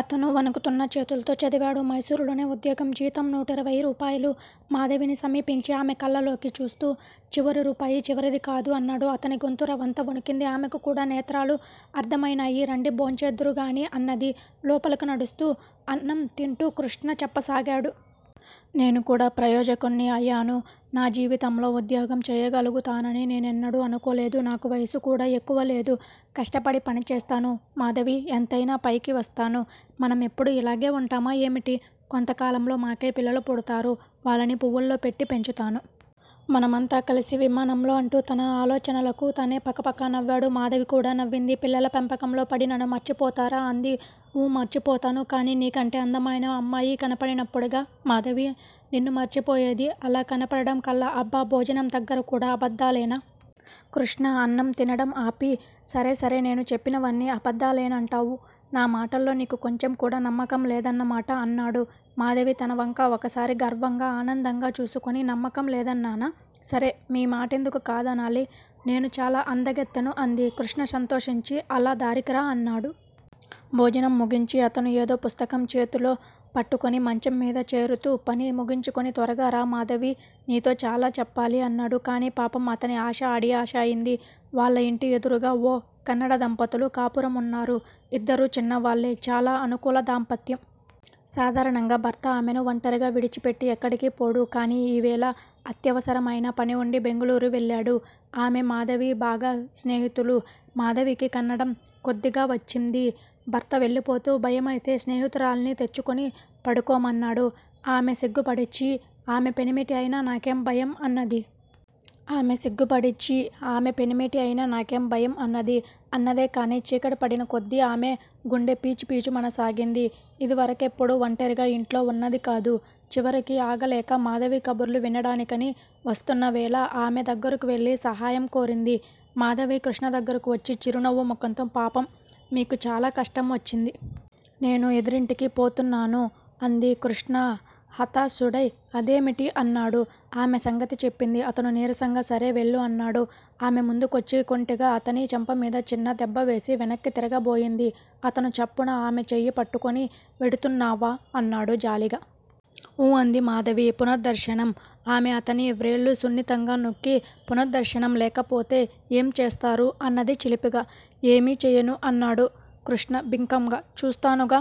అతను వణుకుతున్న చేతుల్తో చదివాడు. మైసూరులోనే ఉద్యోగం. జీతం నూటయిరవై రూపాయలు. మాధవిని సమీపించి ఆమె కళ్ళలోకి చూస్తూ చివరి రూపాయి చివరిదికాదు అన్నాడు. అతనిగొంతు రవంత వణికింది. ఆమెకికూడా నేత్రాలు ఆర్ద్రమైనాయి. రండి భోంచేద్దురు గాని అన్నది, లోపలకు నడుస్తూ. అన్నం తింటూ కృష్ణ చెప్పసాగాడు. నేనుకూడా ప్రయోజకుడ్ని అయాను. నా జీవితంలో ఉద్యోగం చెయ్యగలుగుతానని నేనెన్నడూ అనుకోలేదు. నాకు వయస్సు కూడా ఎక్కువలేదు. కష్టపడి పని చేస్తాను. మాధవీ! ఎంతయినా పైకి వస్తాను. మనం ఎప్పుడూ యిలాగే వుంటామా ఏమిటి? కొంతకాలంలో మాకై పిల్లలు పుడతారు. వాళ్ళని పువ్వుల్లో పెట్టి పెంచుతాను. మనమంతా కలిసి విమానంలో అంటూ తన ఆలోచనలకు తనే పకపక నవ్వాడు. మాధవికూడా నవ్వింది. పిల్లల పెంపకంలో పడి నన్ను మరచిపోతారా? అంది. ఊ, మరచిపోతాను. కాని నీకంటే అందమైన అమ్మాయి కనబడి నప్పుడుగా మాధవీ నిన్ను మరచిపోయేది. అలా కనబడటం కల్ల! అబ్బ! భోజనందగ్గరకూడా అబద్దాలేనా? కృష్ణ అన్నంతినటం ఆపి సరే సరే, నేను చెప్పేవన్నీ అబద్దాలేనంటావ్. నామాటల్లో నీకు కొంచెంకూడా నమ్మకం లేదన్నమాట అన్నాడు. మాధవి తనవంక ఒకసారి గర్వంగా, ఆనందంగా చూసుకుని నమ్మకం లేదన్నానా? సరే మీ మాటెందుకు కాదనాలి? నేను చాలా అందగత్తెను అంది. కృష్ణ సంతోషించి అలా దారికిరా అన్నాడు. భోజనం ముగించి అతను ఏదో పుస్తకం చేతిలో పట్టుకుని మంచం మీద చేరుతూ పని ముగించుకుని త్వరగా రా మాధవీ! నీతో చాలాచెప్పాలి అన్నాడు. కానీ పాపం అతని ఆశ అడియాశ అయింది. వాళ్ళ యింటి ఎదురుగా ఓ కన్నడదంపతులు కాపురమున్నారు. ఇద్దరూ చిన్నవాళ్ళే. చాలా అనుకూల దాంపత్యం. సాధారణంగా భర్త ఆమెను ఒంటరిగా విడిచిపెట్టి ఎక్కడికీ పోడు. కానీ ఈవేళ అత్యవసరమైన పనివుండి బెంగుళూరు వెళ్ళాడు. ఆమె, మాధవీ బాగా స్నేహితులు. మాధవికి కన్నడం కొద్దిగా వచ్చింది. భర్త వెళ్ళిపోతూ భయమైతే స్నేహితురాల్ని తెచ్చుకుని పడుకోమన్నాడు. ఆమె సిగ్గుపడి, ఛీ, ఆమె పెనిమిటి అయినా నాకేం భయం అన్నది. ఆమె సిగ్గుపడి, ఛీ ఆమె పెనిమిటి అయినా నాకేం భయం అన్నది. అన్నదేగానీ చీకటిపడినకొద్దీ ఆమె గుండె పీచుపీచుమనసాగింది. ఇదివరకెప్పుడూ ఒంటరిగా యింట్లో వున్నదికాదు. చివరికి ఆగలేక మాధవి కబుర్లు వినడానికని వస్తున్నవేళ ఆమె దగ్గరకు వెళ్ళి సహాయం కోరింది. మాధవి కృష్ణదగ్గరకు వచ్చి చిరునవ్వు ముఖంతో పాపం మీకు చాలా కష్టం వచ్చింది. నేను ఎదురింటికీ పోతున్నాను అంది. కృష్ణ హతాశుడై అదేమిటి? అన్నాడు. ఆమె సంగతి చెప్పింది. అతను నీరసంగా సరే, వెళ్ళు అన్నాడు. ఆమె ముందుకొచ్చి కొంటెగా అతని చెంపమీద చిన్న దెబ్బవేసి వెనక్కి తిరగబోయింది. అతను చప్పున ఆమె చెయ్యి పట్టుకుని వెడుతున్నావా? అన్నాడు జాలిగా. ఊ అంది మాధవి. పునద్దర్సనం? ఆమె అతని వ్రేళ్ళు సున్నితంగా నొక్కి పునద్దర్సనం లేకపోతే ఏం చేస్తారు? అన్నది చిలిపిగా. ఏమీ చెయ్యను అన్నాడు కృష్ణ బింకంగా. చూస్తానుగా